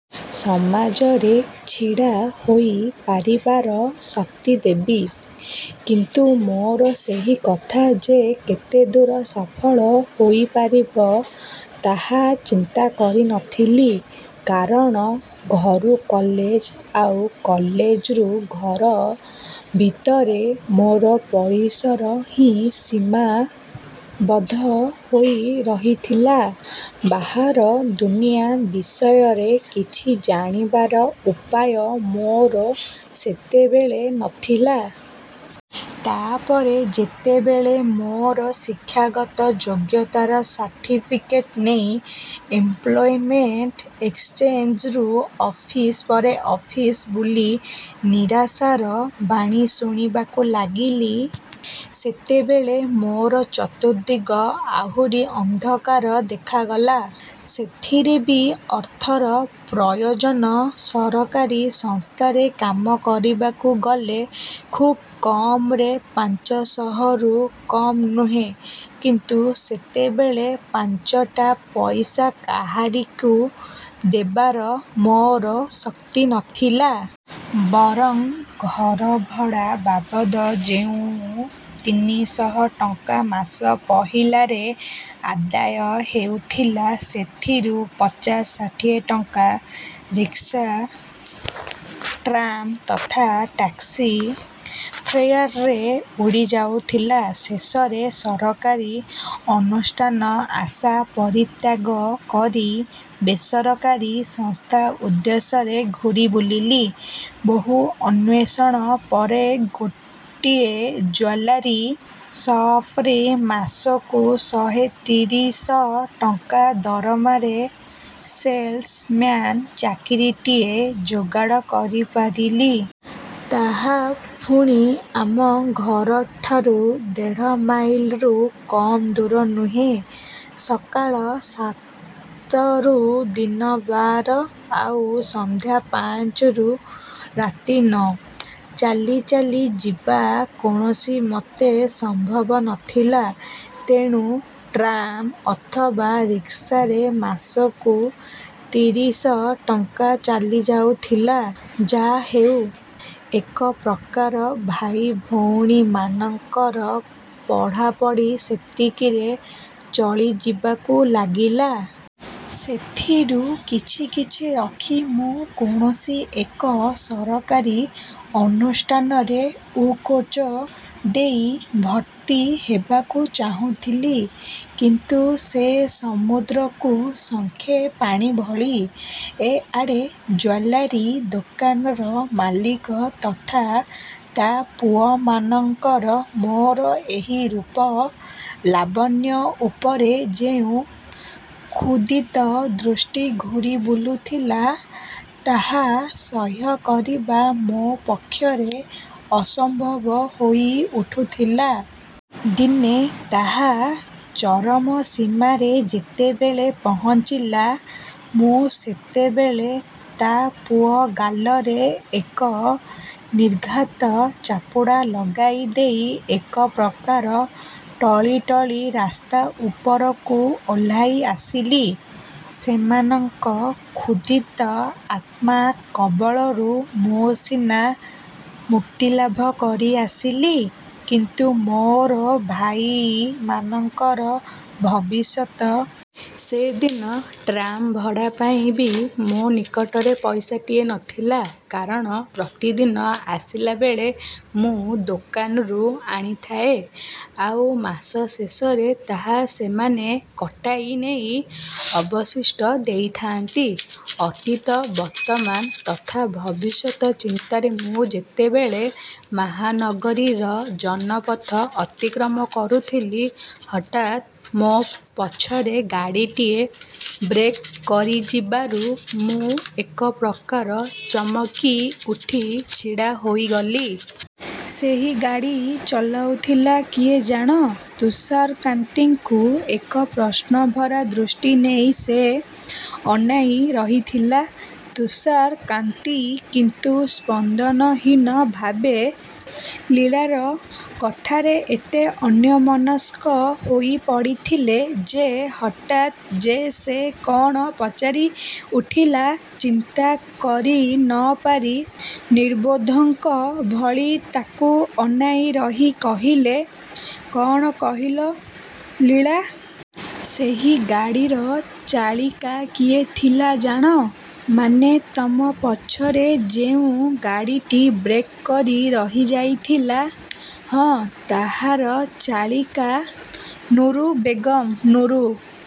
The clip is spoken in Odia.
ସମାଜରେ ଛିଡ଼ା ହୋଇପାରିବାର ଶକ୍ତି ଦେବି। କିନ୍ତୁ ମୋର ସେହି କଥା ଯେ କେତେଦୂର ସଫଳ ହୋଇପାରିବ, ତାହା ଚିନ୍ତା କରିନଥିଲି। କାରଣ ଘରୁ କଲେଜ ଆଉ କଲେଜରୁ ଘର ଭିତରେ ମୋର ପରିସର ହିଁ ସୀମାବଦ୍ଧ ହୋଇ ରହିଥିଲା। ବାହାର ଦୁନିଆ ବିଷୟରେ କିଛି ଜାଣିବାର ଉପାୟ ମୋର ସେତେବେଳେ ନଥିଲା। ତା ପରେ ଯେତେବେଳେ ମୋର ଶିକ୍ଷାଗତ ଯୋଗ୍ୟତାର ସାର୍ଟିଫିକେଟ୍ ନେଇ ଏମ୍ପ୍ଲୋୟମେଣ୍ଟ ଏକ୍ସଚେଞ୍ଜରୁ ଅଫିସ୍ ପରେ ଅଫିସ୍ ବୁଲି ନିରାଶାର ବାଣୀ ଶୁଣିବାକୁ ଲାଗିଲି, ସେତେବେଳେ ମୋର ଚତୁର୍ଦ୍ଦିଗ ଆହୁରି ଅନ୍ଧକାର ଦେଖାଗଲା। ସେଥିରେ ବି ଅର୍ଥର ପ୍ରୟୋଜନ। ସରକାରୀ ସଂସ୍ଥାରେ କାମ କରିବାକୁ ଗଲେ ଖୁବ୍ କମ୍‌ରେ ପାଞ୍ଚ ଶହରୁ କମ୍ ନୁହେଁ କିନ୍ତୁ ସେତେବେଳେ ପାଞ୍ଚଟା ପଇସା କାହାରିକୁ ଦେବାର ମୋର ଶକ୍ତି ନଥିଲା। ବରଂ ଘରଭଡ଼ା ବାବଦ ଯେଉଁ ତିନି ଶହ ଟଙ୍କା ମାସ ପହିଲାରେ ଆଦାୟ ହେଉଥିଲା, ସେଥିରୁ ପଚାଶ, ଷାଠିଏ ଟଙ୍କା ରିକ୍ସା, ଟ୍ରାମ୍ ତଥା ଟ୍ୟାକ୍ସି ଫେୟାର୍‌ରେ ଉଡ଼ିଯାଉଥିଲା। ଶେଷରେ ସରକାରୀ ଅନୁଷ୍ଠାନ ଆଶା ପରିତ୍ୟାଗ କରି ବେସରକାରୀ ସଂସ୍ଥା ଉଦ୍ଦେଶ୍ୟରେ ଘୂରି ବୁଲିଲି। ବହୁ ଅନ୍ୱେଷଣ ପରେ ଗୋଟିଏ ଜୁଏଲାରୀ ସପ୍‌ରେ ମାସକୁ ଶହେ ତିରିଶ ଟଙ୍କା ଦରମାରେ ସେଲ୍ସମ୍ୟାନ୍ ଚାକିରିଟିଏ ଯୋଗାଡ଼ କରିପାରିଲି। ତାହା ପୁଣି ଆମ ଘରଠାରୁ ଦେଢ଼ ମାଇଲ୍‌ରୁ କମ୍ ଦୂର ନୁହେଁ। ସକାଳ ସାତରୁ ଦିନ ବାର, ଆଉ ସନ୍ଧ୍ୟା ପାଞ୍ଚରୁ ରାତି ନଅ। ଚାଲି ଚାଲି ଯିବା କୌଣସିମତେ ସମ୍ଭବ ନଥିଲା। ତେଣୁ ଟ୍ରାମ୍ ଅଥବା ରିକ୍ସାରେ ମାସକୁ ତିରିଶ ଟଙ୍କା ଚାଲିଯାଉଥିଲା। ଯାହା ହେଉ, ଏକ ପ୍ରକାର ଭାଇ ଭଉଣୀମାନଙ୍କର ପଢ଼ାପଢ଼ି ସେତିକିରେ ଚଳିଯିବାକୁ ଲାଗିଲା। ସେଥିରୁ କିଛି କିଛି ରଖି ମୁଁ କୌଣସି ଏକ ସରକାରୀ ଅନୁଷ୍ଠାନରେ ଉତ୍କୋଚ ଦେଇ ଭର୍ତ୍ତି ହେବାକୁ ଚାହୁଁଥିଲି। କିନ୍ତୁ ସେ ସମୁଦ୍ରକୁ ଶଙ୍ଖେ ପାଣି ଭଳି। ଏ ଆଡ଼େ ଜୁଏଲାରୀ ଦୋକାନର ମାଲିକ ତଥା ତା ପୁଅମାନଙ୍କର ମୋର ଏହି ରୂପ ଲାବଣ୍ୟ ଉପରେ ଯେଉଁ କ୍ଷୁଧିତ ଦୃଷ୍ଟି ଘୂରି ବୁଲୁଥିଲା, ତାହା ସହ୍ୟ କରିବା ମୋ ପକ୍ଷରେ ଅସମ୍ଭବ ହୋଇଉଠୁଥିଲା। ଦିନେ ତାହା ଚରମ ସୀମାରେ ଯେତେବେଳେ ପହଞ୍ଚିଲା, ମୁଁ ସେତେବେଳେ ତା ପୁଅ ଗାଲରେ ଏକ ନିର୍ଘାତ ଚାପୁଡ଼ା ଲଗାଇ ଦେଇ ଏକପ୍ରକାର ଟଳି ଟଳି ରାସ୍ତା ଉପରକୁ ଓହ୍ଲାଇ ଆସିଲି। ସେମାନଙ୍କ କ୍ଷୁଧିତ ଆତ୍ମା କବଳରୁ ମୁଁ ସିନା ମୁକ୍ତିଲାଭ କରି ଆସିଲି କିନ୍ତୁ ମୋର ଭାଇମାନଙ୍କର ଭବିଷ୍ୟତ। ସେଦିନ ଟ୍ରାମ୍ ଭଡ଼ା ପାଇଁ ବି ମୋ ନିକଟରେ ପଇସାଟିଏ ନଥିଲା। କାରଣ ପ୍ରତିଦିନ ଆସିଲାବେଳେ ମୁଁ ଦୋକାନରୁ ଆଣିଥାଏ, ଆଉ ମାସ ଶେଷରେ ତାହା ସେମାନେ କଟାଇ ନେଇ ଅବଶିଷ୍ଟ ଦେଇଥାଆନ୍ତି। ଅତୀତ, ବର୍ତ୍ତମାନ ତଥା ଭବିଷ୍ୟତ ଚିନ୍ତାରେ ମୁଁ ଯେତେବେଳେ ମହାନଗରୀର ଜନପଥ ଅତିକ୍ରମ କରୁଥିଲି, ହଠାତ୍ ମୋ ପଛରେ ଗାଡ଼ିଟିଏ ବ୍ରେକ୍ କରିଯିବାରୁ ମୁଁ ଏକପ୍ରକାର ଚମକିଉଠି ଛିଡ଼ା ହୋଇଗଲି। ସେହି ଗାଡ଼ି ଚଳାଉଥିଲା କିଏ ଜାଣ? ତୁଷାରକାନ୍ତିଙ୍କୁ ଏକ ପ୍ରଶ୍ନଭରା ଦୃଷ୍ଟି ନେଇ ସେ ଅନାଇ ରହିଥିଲା। ତୁଷାରକାନ୍ତି କିନ୍ତୁ ସ୍ପନ୍ଦନହୀନ ଭାବେ ଲୀଳାର କଥାରେ ଏତେ ଅନ୍ୟମନସ୍କ ହୋଇପଡ଼ିଥିଲେ ଯେ, ହଠାତ୍ ଯେ ସେ କଣ ପଚାରିଉଠିଲା, ଚିନ୍ତା କରି ନ ପାରି ନିର୍ବୋଧଙ୍କ ଭଳି ତାକୁ ଅନାଇ ରହି କହିଲେ, କଣ କହିଲ ଲୀଳା? ସେହି ଗାଡ଼ିର ଚାଳିକା କିଏ ଥିଲା ଜାଣ? ମାନେ ତମ ପଛରେ ଯେଉଁ ଗାଡ଼ିଟି ବ୍ରେକ୍ କରି ରହିଯାଇଥିଲା? ହଁ, ତାହାର ଚାଳିକା ନୁରୁ ବେଗମ୍। ନୁରୁ